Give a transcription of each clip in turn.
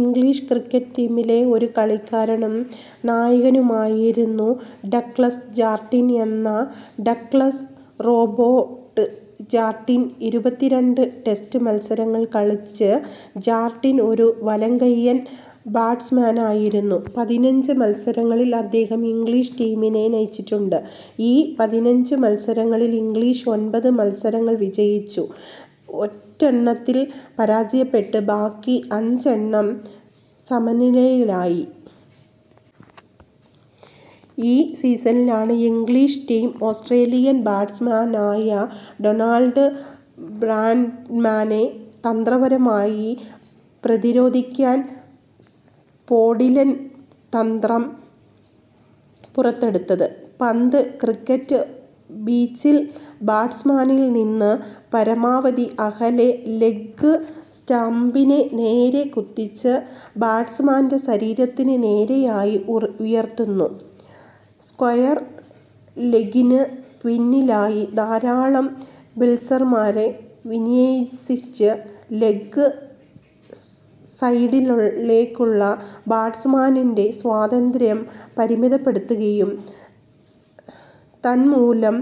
English cricket ടീമിലെ ഒരു കളിക്കാരനും നായകനുമായിരുന്നു ഡഗ്ലസ് ജാർഡീൻ എന്ന ഡഗ്ലസ് റോബർട്ട് ജാർഡീൻ. ഇരുപത്തിരണ്ട് ടെസ്റ്റ് മത്സരങ്ങൾ കളിച്ച ജാർഡീൻ ഒരു വലംകയ്യൻ ബാറ്റ്സ്മാനായിരുന്നു. പതിനഞ്ച് മത്സരങ്ങളിൽ അദ്ദേഹം ഇംഗ്ലണ്ട് ടീമിനെ നയിച്ചിട്ടുണ്ട്. ഈ പതിനഞ്ചുമത്സരങ്ങളിൽ ഇംഗ്ലണ്ട് ഒൻപത് മത്സരങ്ങൾ വിജയിച്ചു, ഒരെണ്ണത്തിൽ പരാജയപ്പെട്ടു ബാക്കി അഞ്ചെണ്ണം സമനിലയിലായി. ഈ സീസണിലാണ് ഇംഗ്ലീഷ് ടീം ഓസ്ട്രേലിയൻ ബാറ്റ്സ്മാനായ ഡൊണാൾഡ് ബ്രാഡ്മാനെ തന്ത്രപരമായി പ്രതിരോധിക്കാൻ ബോഡിലൈൻ തന്ത്രം പുറത്തെടുത്തത്. പന്ത്, ക്രിക്കറ്റ് പിച്ചിൽ ബാറ്റ്സ്മാനിൽ നിന്ന് പരമാവധി അകലെ ലെഗ് സ്റ്റമ്പിൻ്റെ നേരെ കുത്തിച്ച് ബാറ്റ്സ്മാൻ്റെ ശരീരത്തിനു നേരെയായി ഉയർത്തുന്നു. സ്ക്വയർ ലെഗ്ഗിനു പിന്നിലായി ധാരാളം ഫീൽഡർമാരെ വിന്യസിച്ച് ലെഗ് സൈഡിലേക്കുള്ള ബാറ്റ്സ്മാൻ്റെ സ്വാതന്ത്ര്യം പരിമിതപ്പെടുത്തുകയും തന്മൂലം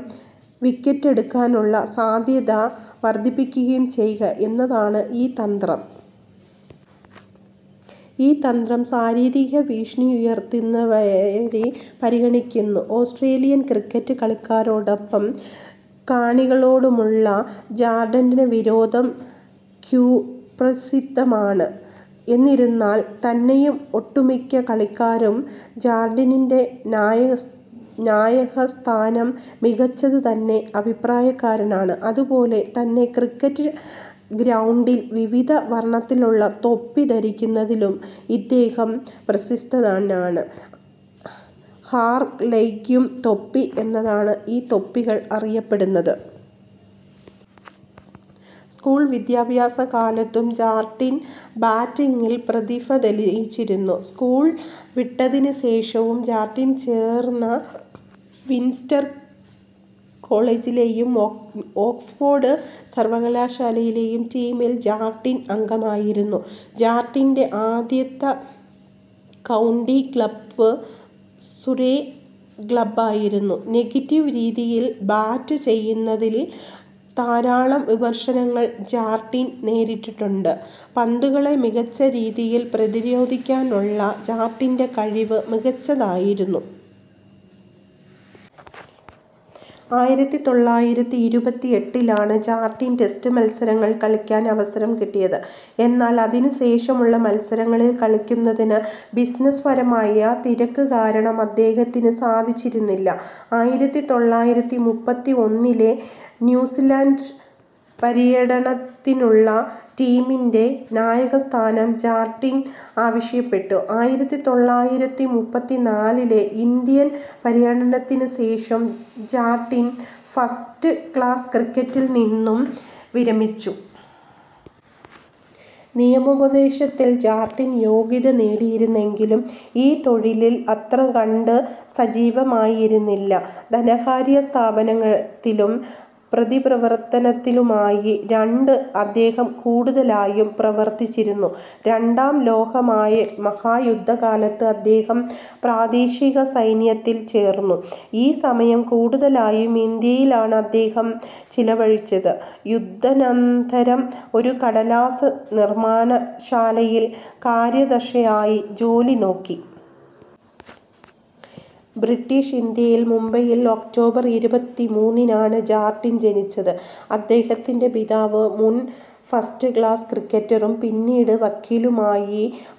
വിക്കറ്റെടുക്കാനുള്ള സാധ്യത വർദ്ധിപ്പിക്കുകയും ചെയ്യുക എന്നതാണ് ഈ തന്ത്രം. ഈ തന്ത്രം ശാരീരിക ഭീഷണിയുയർത്തുന്നവയായി പരിഗണിക്കുന്നു. ഓസ്ട്രേലിയൻ ക്രിക്കറ്റ് കളിക്കാരോടും കാണികളോടുമുള്ള ജാർഡീൻ്റെ വിരോധം കുപ്രസിദ്ധമാണ്. എന്നിരുന്നാൽ തന്നെയും ഒട്ടുമിക്ക കളിക്കാരും ജാർഡീൻ്റെ നായകസ്ഥാനം മികച്ചതാണെന്ന അഭിപ്രായക്കാരാണ്. അതുപോലെ തന്നെ ക്രിക്കറ്റ് ഗ്രൗണ്ടിൽ വിവിധ വർണ്ണത്തിലുള്ള തൊപ്പി ധരിക്കുന്നതിലും ഇദ്ദേഹം പ്രസിദ്ധനാണ്. ഹാർലെക്വിം തൊപ്പി എന്നാണ് ഈ തൊപ്പികൾ അറിയപ്പെടുന്നത്. സ്കൂൾ വിദ്യാഭ്യാസക്കാലത്തും ജാർഡീൻ ബാറ്റിംഗിൽ പ്രതിഭതെളിയിച്ചിരുന്നു. സ്കൂൾ വിട്ടതിനുശേഷം ജാർഡീൻ ചേർന്ന വിൻസ്റ്റർ കോളേജിലേയും ഓക്സ്ഫോർഡ് സർവകലാശാലയിലെയും ടീമിൽ ജാർഡീൻ അംഗമായിരുന്നു. ജാർഡീൻ്റെ ആദ്യ കൗണ്ടി ക്ലബ്ബ് സുറൈ ക്ലബ്ബായിരുന്നു. നെഗറ്റീവ് രീതിയിൽ ബാറ്റു ചെയ്യുന്നതിൽ ധാരാളം വിമർശനങ്ങൽ ജാർഡീൻ നേരിട്ടിട്ടുണ്ട്. പന്തുകളെ മികച്ച രീതിയിൽ പ്രതിരോധിക്കുന്നതിനുള്ള ജാർഡീൻ്റെ കഴിവ് മികച്ചതായിരുന്നു. ആയിരത്തിതൊള്ളായിരത്തിഇരുപത്തിഎട്ടിലാണ് ജാർഡീന് ടെസ്റ്റ് മത്സരങ്ങൾ കളിയ്ക്കാൻ അവസരം കിട്ടിയത്. എന്നാൽ അതിനു ശേഷമുള്ള മത്സരങ്ങളിൽ കളിക്കുന്നതിന് ബിസിനസ്സ് പരമായ തിരക്ക് കാരണം അദ്ദേഹത്തിന് സാധിച്ചിരുന്നില്ല. ആയിരത്തിതൊള്ളായിരത്തിമുപ്പത്തിഒന്നിലെ ന്യൂസിലൻഡ് പര്യടനത്തിനുള്ള ടീമിൻ്റെ നായകസ്ഥാനം ജാർഡീൻ ആവിശ്യപ്പെട്ടു. ആയിരത്തിതൊള്ളായിരത്തിമുപ്പത്തിനാലിലെ ഇന്ത്യൻ പര്യടനത്തിനു ശേഷം ജാർഡീൻ ഫസ്റ്റ് ക്ലാസ് ക്രിക്കറ്റിൽ നിന്നും വിരമിച്ചു. നിയമോപദേശത്തിൽ ജാർഡീൻ യോഗ്യത നേടിയിരുന്നെങ്കിലും ഈ തൊഴിലിൽ അത്രകണ്ട് സജീവമായിരുന്നില്ല. ധനകാര്യസ്ഥാപനത്തിലും പത്രപ്രവർത്തനത്തിലുമായിരുന്നു അദ്ദേഹം കൂടുതലായും പ്രവർത്തിച്ചിരുന്നത്. രണ്ടാം ലോകമഹായുദ്ധക്കാലത്ത് അദ്ദേഹം പ്രാദേശിക സൈന്യത്തിൽ ചേർന്നു, ഈ സമയം കൂടുതലായും ഇന്ത്യയിലാണ് അദ്ദേഹം ചിലവഴിച്ചത്. യുദ്ധാനന്തരം ഒരു കടലാസ് നിർമ്മാണ ശാലയിൽ കാര്യദർശിയായി ജോലി നോക്കി. ബ്രിട്ടീഷ് ഇന്ത്യയിൽ മുംബൈയിൽ ഒക്ടോബർ ഇരുപത്തിമൂന്നിനാണ് ജാർഡീൻ ജനിച്ചത്. അദ്ദേഹത്തിൻ്റെ പിതാവ് മുൻ ഫസ്റ്റ് ക്ലാസ് ക്രിക്കറ്ററും പിന്നീട് വക്കീലുമായ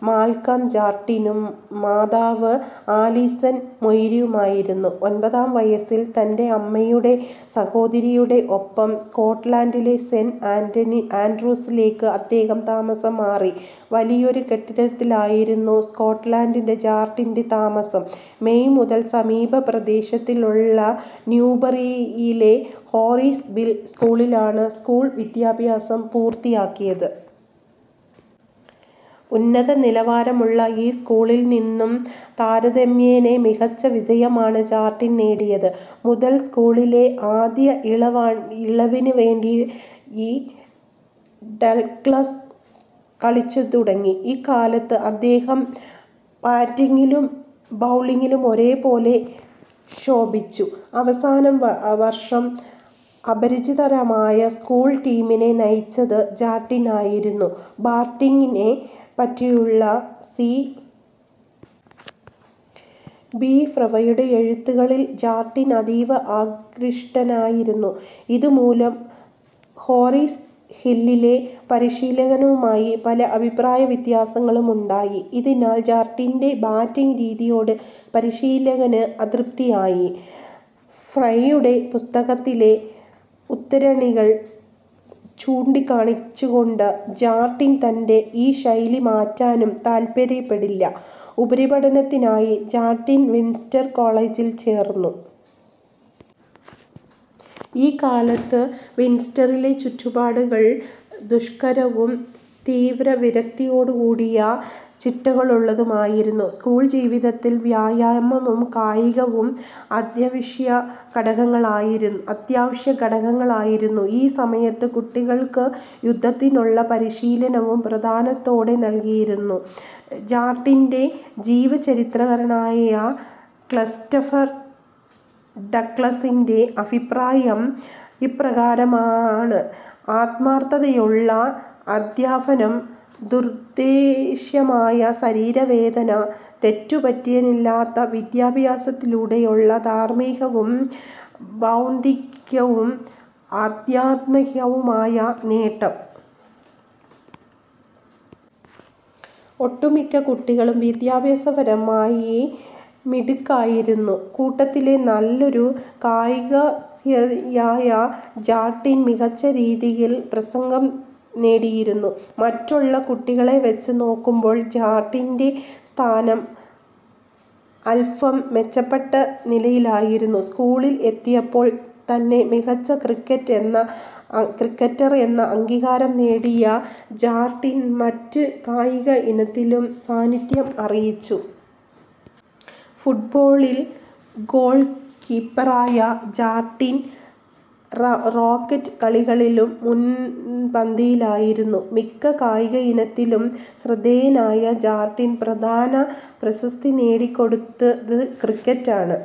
മാൽക്കം ജാർഡീനും മാതാവ് അലിസൺ മൊയിറുമായിരുന്നു. ഒൻപതാം വയസ്സിൽ തൻ്റെ അമ്മയുടെ സഹോദരിയുടെ ഒപ്പം സ്കോട്ട്ലൻ്റിലെ സെൻ്റ്. ആൻഡ്രൂസിലേക്ക് അദ്ദേഹം താമസംമാറി. വലിയൊരു കെട്ടിടത്തിലായിരുന്നു സ്കോട്ട്ലൻ്റിൽ ജാർഡീൻ്റെ താമസം, മെയ് മുതൽ സമീപ പ്രദേശത്തുള്ള ന്യൂബറിയിലെ ഹോറിസ് ഹിൽ സ്കൂളിലാണ് സ്ക്കൂൾ വിദ്യാഭ്യാസം പൂർത്തിയാക്കിയത്. ഉന്നത നിലവാരമുള്ള ഈ സ്കൂളിൽ നിന്നും താരതമ്യേനെ മികച്ച വിജയമാണ് ജാർഡീൻ നേടിയത്. മുതൽ സ്കൂളിലെ ആദ്യ ഇലവന് വേണ്ടി ഡഗ്ലസ് കളിച്ചുതുടങ്ങി, ഇക്കാലത്ത് അദ്ദേഹം ബാറ്റിംഗിലും ബൗളിംഗിലും ഒരു പോലെ ശോഭിച്ചു. അവസാന വർഷം അപരാജിതരായ സ്കൂൾ ടീമിനെ നയിച്ചത് ജാർഡീനായിരുന്നു. ബാറ്റിംഗിനെ പറ്റിയുള്ള സി. ബി. ഫ്രൈയുടെ എഴുത്തുകളിൽ ജാർഡീൻ അതീവ ആകൃഷ്ടനായിരുന്നു, ഇതു മൂലം ഹോറിസ് ഹില്ലിലെ പരിശീലകനവുമായി പല അഭിപ്രായ വ്യത്യാസങ്ങളുമുണ്ടായി. ഇതിനാൽ ജാർഡീൻ്റെ ബാറ്റിംഗ് രീതിയോട് പരീശിലകന് അതൃപ്തിയായി, ഫ്രൈയുടെ പുസ്തകത്തിലെ ഉദ്ധരണികൾ ചൂണ്ടികാണിച്ചുകൊണ്ട് ജാർഡീൻ തൻ്റെ ഈ ശൈലി മാറ്റാനും താല്പര്യപ്പെട്ടില്ല. ഉപരിപഠനത്തിനായി ജാർഡീൻ വിൻസ്റ്റർ കോളജിൽ ചേർന്നു. ഈ കാലത്തെ വിൻസ്റ്ററിലെ ചുറ്റുപാടുകൾ ദുഷ്കരവും തീവ്രവിരക്തിയോടുകൂടിയ ചിട്ടകളുള്ളതുമായിരുന്നു. സ്കൂൾ ജീവിതത്തിൽ വ്യായാമവും കായികവും അത്യാവിശ്യ ഘടകങ്ങളായിരുന്നു. ഈ സമയത്ത് കുട്ടികൾക്ക് യുദ്ധത്തിനുള്ള പരീശിലനവും പ്രാധാന്യത്തോടെ നൽകിയിരുന്നു. ജാർഡീൻ്റെ ജീവചരിത്രകാരനായ ക്രിസ്റ്റഫർ ഡഗ്ലസിൻ്റെ അഭിപ്രായം ഇപ്രകാരമാണ്, ആത്മാർത്ഥതയുളള അധ്യാപനം, ദുർഭേദ്യമായ ശരീര വേദന, തെറ്റുപറയാനില്ലാത്ത വിദ്യാഭ്യാസത്തിലൂടെയുള്ള ധാർമ്മികവും ബൗദ്ധികവും ആദ്ധ്യാത്മികവുമായ നേട്ടം. ഒട്ടുമിക്ക കുട്ടികളും വിദ്യാഭ്യാസപരമായി മിടുക്കരായിരുന്നു, കൂട്ടത്തിലെ നല്ലൊരു കായികാഭ്യാസിയായ ജാർഡീൻ മികച്ച രീതിയിൽ പ്രശംസകൾ നേടിയിരുന്നു. മറ്റുള്ള കുട്ടികളെ വച്ച് നോക്കുമ്പോൾ ജാർഡീൻ്റെ സ്ഥാനം അല്പം മെച്ചപ്പെട്ട നിലയിലായിരുന്നു. സ്കൂളിൽ എത്തിയപ്പോൾ തന്നെ മികച്ച ക്രിക്കറ്റർ എന്ന അംഗീകരാം നേടിയ ജാർഡീൻ മറ്റു കായിക ഇനങ്ങളിലും സാനിധ്യം അറിയിച്ചു. ഫുട്ബോളിൽ ഗ്ഗോൾകിപ്പറായ ജാർഡീൻ റാക്കറ്റ് കളികളിലും മുൻപന്തിയിലായിരുന്നു. മിക്ക കായിക ഇനത്തിലും ശ്രദ്ധേയനായ ജാർഡിന് പ്രധാന പ്രശസ്തിനേടികൊടുത്തത് ക്രിക്കറ്റാണ്.